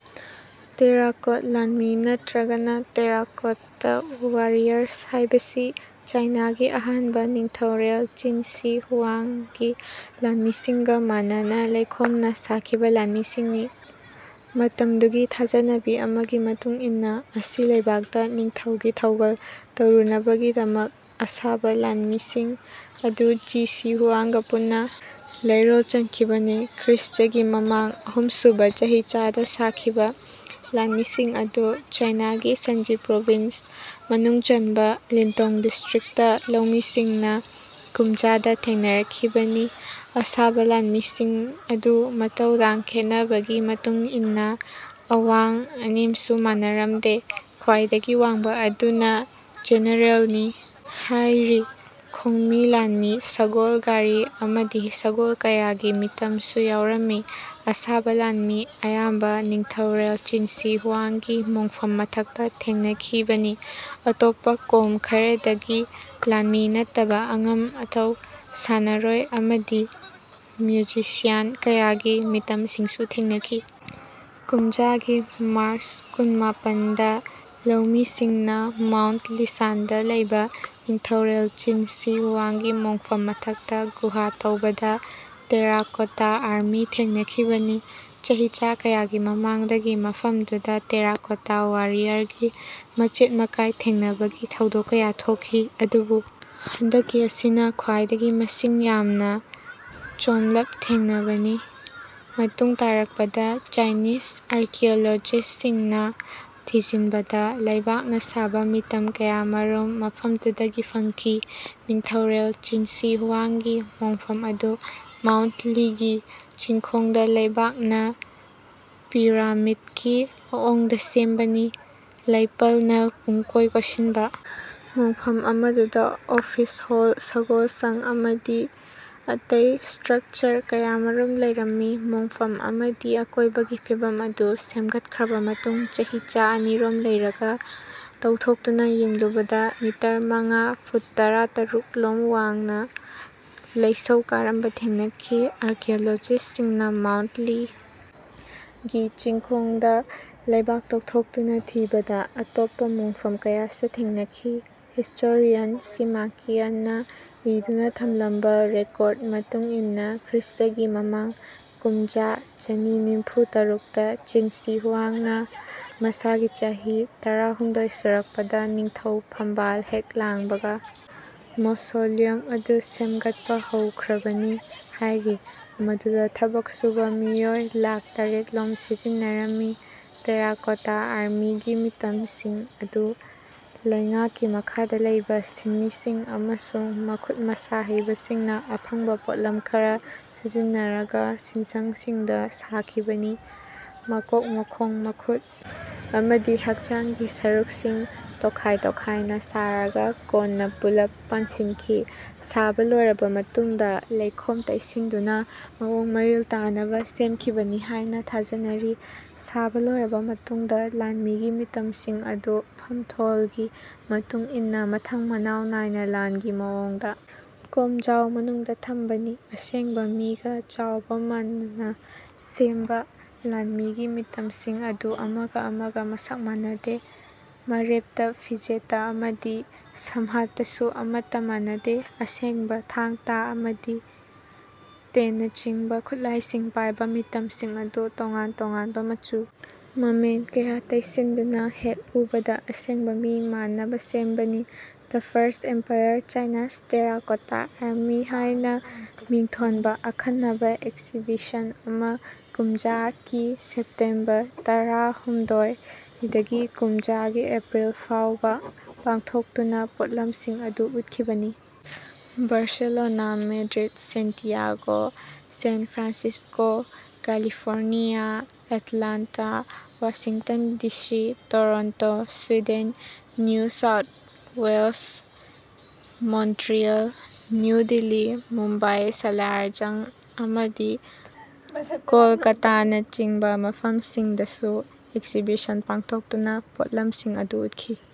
Terracotta ꯂꯥꯟꯃꯤ ꯅꯠꯇ꯭ꯔꯒꯅ ꯇꯦꯔꯥꯀꯣꯠꯇ ꯋꯥꯔꯤꯌꯔꯁ ꯍꯥꯏꯕꯁꯤ ꯆꯥꯏꯅꯥꯒꯤ ꯑꯍꯥꯟꯕ ꯅꯤꯡꯊꯧꯔꯦꯜ ꯆꯤꯟ ꯁꯤ ꯍꯨꯋꯥꯡꯒꯤ ꯂꯥꯟꯃꯤꯁꯤꯡꯒ ꯃꯥꯟꯅꯅ ꯂꯩꯈꯣꯝꯅ ꯁꯥꯈꯤꯕ ꯂꯥꯟꯃꯤꯁꯤꯡꯅꯤ꯫ ꯃꯇꯝꯗꯨꯒꯤ ꯊꯥꯖꯅꯕꯤ ꯑꯃꯒꯤ ꯃꯇꯨꯡꯏꯟꯅ ꯑꯁꯤ ꯂꯩꯕꯥꯛꯇ ꯅꯤꯡꯊꯧꯒꯤ ꯊꯧꯒꯜ ꯇꯧꯔꯨꯅꯕꯒꯤꯗꯃꯛ ꯑꯁꯥꯕ ꯂꯥꯟꯃꯤꯁꯤꯡ ꯑꯗꯨ ꯆꯤ ꯁꯤ ꯍꯨꯋꯥꯡꯒ ꯄꯨꯟꯅ ꯂꯩꯔꯣꯜ ꯆꯟꯈꯤꯕꯅꯤ꯫ ꯈ꯭ꯔꯤꯁꯇꯒꯤ ꯃꯃꯥꯡ ꯑꯍꯨꯝꯁꯨꯕ ꯆꯍꯤꯆꯥꯗ ꯁꯥꯈꯤꯕ ꯂꯥꯟꯃꯤꯁꯤꯡ ꯑꯗꯨ ꯆꯥꯏꯅꯥꯒꯤ ꯁꯟꯖꯤ ꯄ꯭ꯔꯣꯚꯤꯟꯁ ꯃꯅꯨꯡ ꯆꯟꯕ ꯂꯤꯟꯇꯣꯡ ꯗꯤꯁꯇ꯭ꯔꯤꯛꯇ ꯂꯧꯃꯤꯁꯤꯡꯅ ꯀꯨꯝꯖꯥ ꯗ ꯊꯦꯡꯅꯔꯛꯈꯤꯕꯅꯤ꯫ ꯑꯁꯥꯕ ꯂꯥꯟꯃꯤꯁꯤꯡ ꯑꯗꯨ ꯃꯇꯧꯗꯥꯡ ꯈꯦꯟꯅꯕꯒꯤ ꯃꯇꯨꯡꯏꯟꯅ ꯑꯋꯥꯡ ꯑꯅꯦꯝꯁꯨ ꯃꯥꯟꯅꯔꯝꯗꯦ꯫ ꯈ꯭ꯋꯥꯏꯗꯒꯤ ꯋꯥꯡꯕ ꯑꯗꯨꯅ ꯖꯦꯅꯔꯦꯜꯅꯤ ꯍꯥꯏꯔꯤ꯫ ꯈꯣꯡꯃꯤ ꯂꯥꯟꯃꯤ ꯁꯒꯣꯜ ꯒꯥꯔꯤ ꯑꯃꯗꯤ ꯁꯒꯣꯜ ꯀꯌꯥꯒꯤ ꯃꯤꯇꯝꯁꯨ ꯌꯥꯎꯔꯝꯃꯤ꯫ ꯑꯁꯥꯕ ꯂꯥꯟꯃꯤ ꯑꯌꯥꯝꯕ ꯅꯤꯡꯊꯧꯔꯦꯜ ꯆꯤꯟ ꯁꯤ ꯍꯨꯋꯥꯡꯒꯤ ꯃꯣꯡꯐꯝ ꯃꯊꯛꯇ ꯊꯦꯡꯅꯈꯤꯕꯅꯤ꯫ ꯑꯇꯣꯞꯄ ꯀꯣꯝ ꯈꯔꯗꯒꯤ ꯂꯥꯟꯃꯤ ꯅꯠꯇꯕ ꯑꯉꯝ ꯑꯇꯧ ꯁꯥꯟꯅꯔꯣꯏ ꯑꯃꯗꯤ ꯃ꯭ꯌꯨꯖꯤꯁꯤꯌꯥꯟ ꯀꯌꯥꯒꯤ ꯃꯤꯇꯝꯁꯤꯡꯁꯨ ꯊꯦꯡꯅꯈꯤ꯫ ꯀꯨꯝꯖꯥ ꯒꯤ ꯃꯥꯔꯆ ꯀꯨꯟꯃꯥꯄꯟ ꯗ ꯂꯧꯃꯤꯁꯤꯡꯅ ꯃꯥꯎꯟꯠ ꯂꯤꯁꯥꯟꯗ ꯂꯩꯕ ꯅꯤꯡꯊꯧꯔꯦꯜ ꯆꯤꯟ ꯁꯤ ꯍꯨꯋꯥꯡꯒꯤ ꯃꯣꯡꯐꯝ ꯃꯊꯛꯇ ꯒꯨꯍꯥ ꯇꯧꯕꯗ ꯇꯦꯔꯥꯀꯣꯇꯥ ꯑꯥꯔꯃꯤ ꯊꯦꯡꯅꯈꯤꯕꯅꯤ꯫ ꯆꯍꯤꯆꯥ ꯀꯌꯥꯒꯤ ꯃꯃꯥꯡꯗꯒꯤ ꯃꯐꯝꯗꯨꯗ ꯇꯦꯔꯥꯀꯣꯇꯥ ꯋꯥꯔꯤꯌꯔꯒꯤ ꯃꯆꯦꯠ ꯃꯀꯥꯏ ꯊꯦꯡꯅꯕꯒꯤ ꯊꯧꯗꯣꯛ ꯀꯌꯥ ꯊꯣꯛꯈꯤ꯫ ꯑꯗꯨꯕꯨ ꯍꯟꯗꯛꯀꯤ ꯑꯁꯤꯅ ꯈ꯭ꯋꯥꯏꯗꯒꯤ ꯃꯁꯤꯡ ꯌꯥꯝꯅ ꯆꯣꯝꯂꯞ ꯊꯦꯡꯅꯕꯅꯤ꯫ ꯃꯇꯨꯡ ꯇꯥꯔꯛꯄꯗ ꯆꯥꯏꯅꯤꯖ ꯑꯥꯔꯀꯤꯑꯣꯂꯣꯖꯤꯁꯠꯁꯤꯡꯅ ꯊꯤꯖꯤꯟꯕꯗ ꯂꯩꯕꯥꯛꯅ ꯁꯥꯕ ꯃꯤꯇꯝ ꯀꯌꯥꯃꯔꯨꯝ ꯃꯐꯝꯗꯨꯗꯒꯤ ꯐꯪꯈꯤ꯫ ꯅꯤꯡꯊꯧꯔꯦꯜ ꯆꯤꯟ ꯁꯤ ꯍꯨꯋꯥꯡꯒꯤ ꯃꯣꯡꯐꯝ ꯑꯗꯨ ꯃꯥꯎꯟꯠ ꯂꯤꯒꯤ ꯆꯤꯡꯈꯣꯡꯗ ꯂꯩꯕꯥꯛꯅ ꯄꯤꯔꯥꯃꯤꯗꯀꯤ ꯃꯑꯣꯡꯗ ꯁꯦꯝꯕꯅꯤ꯫ꯂꯩꯄꯜꯅ ꯄꯨꯝꯀꯣꯏ ꯀꯣꯏꯁꯤꯟꯕ ꯃꯣꯡꯐꯝ ꯑꯃꯗꯨꯗ ꯑꯣꯐꯤꯁ ꯍꯣꯜ ꯁꯒꯣꯜꯁꯪ ꯑꯃꯗꯤ ꯑꯇꯩ ꯁ꯭ꯇ꯭ꯔꯛꯆꯔ ꯀꯌꯥꯃꯔꯨꯝ ꯂꯩꯔꯝꯃꯤ꯫ ꯃꯣꯡꯐꯝ ꯑꯃꯗꯤ ꯑꯀꯣꯏꯕꯒꯤ ꯐꯤꯚꯝ ꯑꯗꯨ ꯁꯦꯝꯒꯠꯈ꯭ꯔꯕ ꯃꯇꯨꯡ ꯆꯍꯤꯆꯥ ꯑꯅꯤꯔꯣꯝ ꯂꯩꯔꯒ ꯇꯧꯊꯣꯛꯇꯨꯅ ꯌꯦꯡꯂꯨꯕꯗ ꯃꯤꯇꯔ ꯃꯉꯥ ꯐꯨꯠ ꯇꯔꯥꯇꯔꯨꯛ ꯂꯣꯝ ꯋꯥꯡꯅ ꯂꯩꯁꯧ ꯀꯥꯔꯝꯕ ꯊꯦꯡꯅꯈꯤ꯫ꯑꯥꯔꯀꯤꯑꯣꯂꯣꯖꯤꯁꯠꯁꯤꯡꯅ ꯃꯥꯎꯟꯠ ꯂꯤ ꯒꯤ ꯆꯤꯡꯈꯣꯡꯗ ꯂꯩꯕꯥꯛ ꯇꯧꯊꯣꯛꯇꯨꯅ ꯊꯤꯕꯗ ꯑꯇꯣꯞꯄ ꯃꯣꯡꯐꯝ ꯀꯌꯥꯁꯨ ꯊꯦꯡꯅꯈꯤ꯫ ꯍꯤꯁꯇꯣꯔꯤꯌꯥꯟ ꯁꯤꯃꯥ ꯀꯤꯌꯟꯅ ꯏꯗꯨꯅ ꯊꯝꯂꯝꯕ ꯔꯦꯀꯣꯔꯗ ꯃꯇꯨꯡꯏꯟꯅ ꯈ꯭ꯔꯤꯁꯇꯒꯤ ꯃꯃꯥꯡ ꯀꯨꯝꯖꯥ ꯆꯅꯤ ꯅꯤꯝꯐꯨ ꯇꯔꯨꯛꯇ ꯆꯤꯟ ꯁꯤ ꯍꯨꯋꯥꯡꯅ ꯃꯁꯥꯒꯤ ꯆꯍꯤ ꯇꯔꯥꯍꯨꯝꯗꯣꯏ ꯁꯨꯔꯛꯄꯗ ꯅꯤꯡꯊꯧ ꯐꯝꯕꯥꯜ ꯍꯦꯛ ꯂꯥꯡꯕꯒ ꯃꯣꯁꯣꯂꯤꯌꯝ ꯑꯗꯨ ꯁꯦꯝꯒꯠꯄ ꯍꯧꯈ꯭ꯔꯕꯅꯤ ꯍꯥꯏꯔꯤ꯫ ꯃꯗꯨꯗ ꯊꯕꯛ ꯁꯨꯕ ꯃꯤꯑꯣꯏ ꯂꯥꯈ ꯇꯔꯦꯠꯂꯣꯝ ꯁꯤꯖꯤꯟꯅꯔꯝꯃꯤ꯫ ꯇꯦꯔꯥꯀꯣꯇꯥ ꯑꯥꯔꯃꯤꯒꯤ ꯃꯤꯇꯝꯁꯤꯡ ꯑꯗꯨ ꯂꯩꯉꯥꯛꯀꯤ ꯃꯈꯥꯗ ꯂꯩꯕ ꯁꯤꯟꯃꯤꯁꯤꯡ ꯑꯃꯁꯨꯡ ꯃꯈꯨꯠ ꯃꯁꯥ ꯍꯩꯕꯁꯤꯡꯅ ꯑꯐꯪꯕ ꯄꯣꯠꯂꯝ ꯈꯔ ꯁꯤꯖꯤꯟꯅꯔꯒ ꯁꯤꯟꯁꯪꯁꯤꯡꯗ ꯁꯥꯈꯤꯕꯅꯤ꯫ ꯃꯀꯣꯛ ꯃꯈꯣꯡ ꯃꯈꯨꯠ ꯑꯃꯗꯤ ꯍꯛꯆꯥꯡꯒꯤ ꯁꯔꯨꯛꯁꯤꯡ ꯇꯣꯈꯥꯏ ꯇꯣꯈꯥꯏꯅ ꯁꯥꯔꯒ ꯀꯣꯟꯅ ꯄꯨꯜꯂꯞ ꯄꯥꯟꯁꯤꯟꯈꯤ꯫ ꯁꯥꯕ ꯂꯣꯏꯔꯕ ꯃꯇꯨꯡꯗ ꯂꯩꯈꯣꯝ ꯇꯩꯁꯤꯟꯗꯨꯅ ꯃꯑꯣꯡ ꯃꯔꯤꯜ ꯇꯥꯅꯕ ꯁꯦꯝꯈꯤꯕꯅꯤ ꯍꯥꯏꯅ ꯊꯥꯖꯅꯔꯤ꯫ ꯁꯥꯕ ꯂꯣꯏꯔꯕ ꯃꯇꯨꯡꯗ ꯂꯥꯟꯃꯤꯒꯤ ꯃꯤꯇꯝꯁꯤꯡ ꯑꯗꯨ ꯐꯝꯊꯣꯜꯒꯤ ꯃꯇꯨꯡꯏꯟꯅ ꯃꯊꯪ ꯃꯅꯥꯎ ꯅꯥꯏꯅ ꯂꯥꯟꯒꯤ ꯃꯑꯣꯡꯗ ꯀꯣꯝꯖꯥꯎ ꯃꯅꯨꯡꯗ ꯊꯝꯕꯅꯤ꯫ ꯑꯁꯦꯡꯕ ꯃꯤꯒ ꯆꯥꯎꯕ ꯃꯥꯟꯅꯅ ꯁꯦꯝꯕ ꯂꯥꯟꯃꯤꯒꯤ ꯃꯤꯇꯝꯁꯤꯡ ꯑꯗꯨ ꯑꯃꯒ ꯑꯃꯒ ꯃꯁꯛ ꯃꯥꯟꯅꯗꯦ꯫ ꯃꯔꯦꯞꯇ ꯐꯤꯖꯦꯠꯇ ꯑꯃꯗꯤ ꯁꯝꯍꯥꯠꯇꯁꯨ ꯑꯃꯠꯇ ꯃꯥꯟꯅꯗꯦ꯫ ꯑꯁꯦꯡꯕ ꯊꯥꯡ ꯇꯥ ꯑꯃꯗꯤ ꯇꯦꯟꯅꯆꯤꯡꯕ ꯈꯨꯠꯂꯥꯏꯁꯤꯡ ꯄꯥꯏꯕ ꯃꯤꯇꯝꯁꯤꯡ ꯑꯗꯨ ꯇꯣꯉꯥꯟ ꯇꯣꯉꯥꯟꯕ ꯃꯆꯨ ꯃꯃꯦꯟ ꯀꯌꯥ ꯇꯩꯁꯤꯟꯗꯨꯅ ꯍꯦꯛ ꯎꯕꯗ ꯑꯁꯦꯡꯕ ꯃꯤ ꯃꯥꯟꯅꯕ ꯁꯦꯝꯕꯅꯤ꯫ The first emperor Chinese terracotta army ꯍꯥꯏꯅ ꯃꯤꯡꯊꯣꯟꯕ ꯑꯈꯟꯅꯕ ꯑꯦꯛꯁꯤꯕꯤꯁꯟ ꯑꯃ ꯀꯨꯝꯖꯥ ꯀꯤ ꯁꯦꯞꯇꯦꯝꯕꯔ ꯇꯔꯥꯍꯨꯝꯗꯣꯏ ꯗꯒꯤ ꯀꯨꯝꯖꯥ ꯒꯤ ꯑꯦꯄ꯭ꯔꯤꯜ ꯐꯥꯎꯕ ꯄꯥꯡꯊꯣꯛꯇꯨꯅ ꯄꯣꯠꯂꯝꯁꯤꯡ ꯑꯗꯨ ꯎꯠꯈꯤꯕꯅꯤ꯫ Barcelona Madrid Santiago San Francisco California Atlanta Washington D C Toronto Sweden New South Wales Montreal New Delhi Mumbai Salar Jung ꯑꯃꯗꯤ ꯀꯣꯜꯀꯇꯥꯅꯆꯤꯡꯕ ꯃꯐꯝꯁꯤꯡꯗꯁꯨ ꯑꯦꯛꯁꯤꯕꯤꯁꯟ ꯄꯥꯡꯊꯣꯛꯇꯨꯅ ꯄꯣꯠꯂꯝꯁꯤꯡ ꯑꯗꯨ ꯎꯠꯈꯤ꯫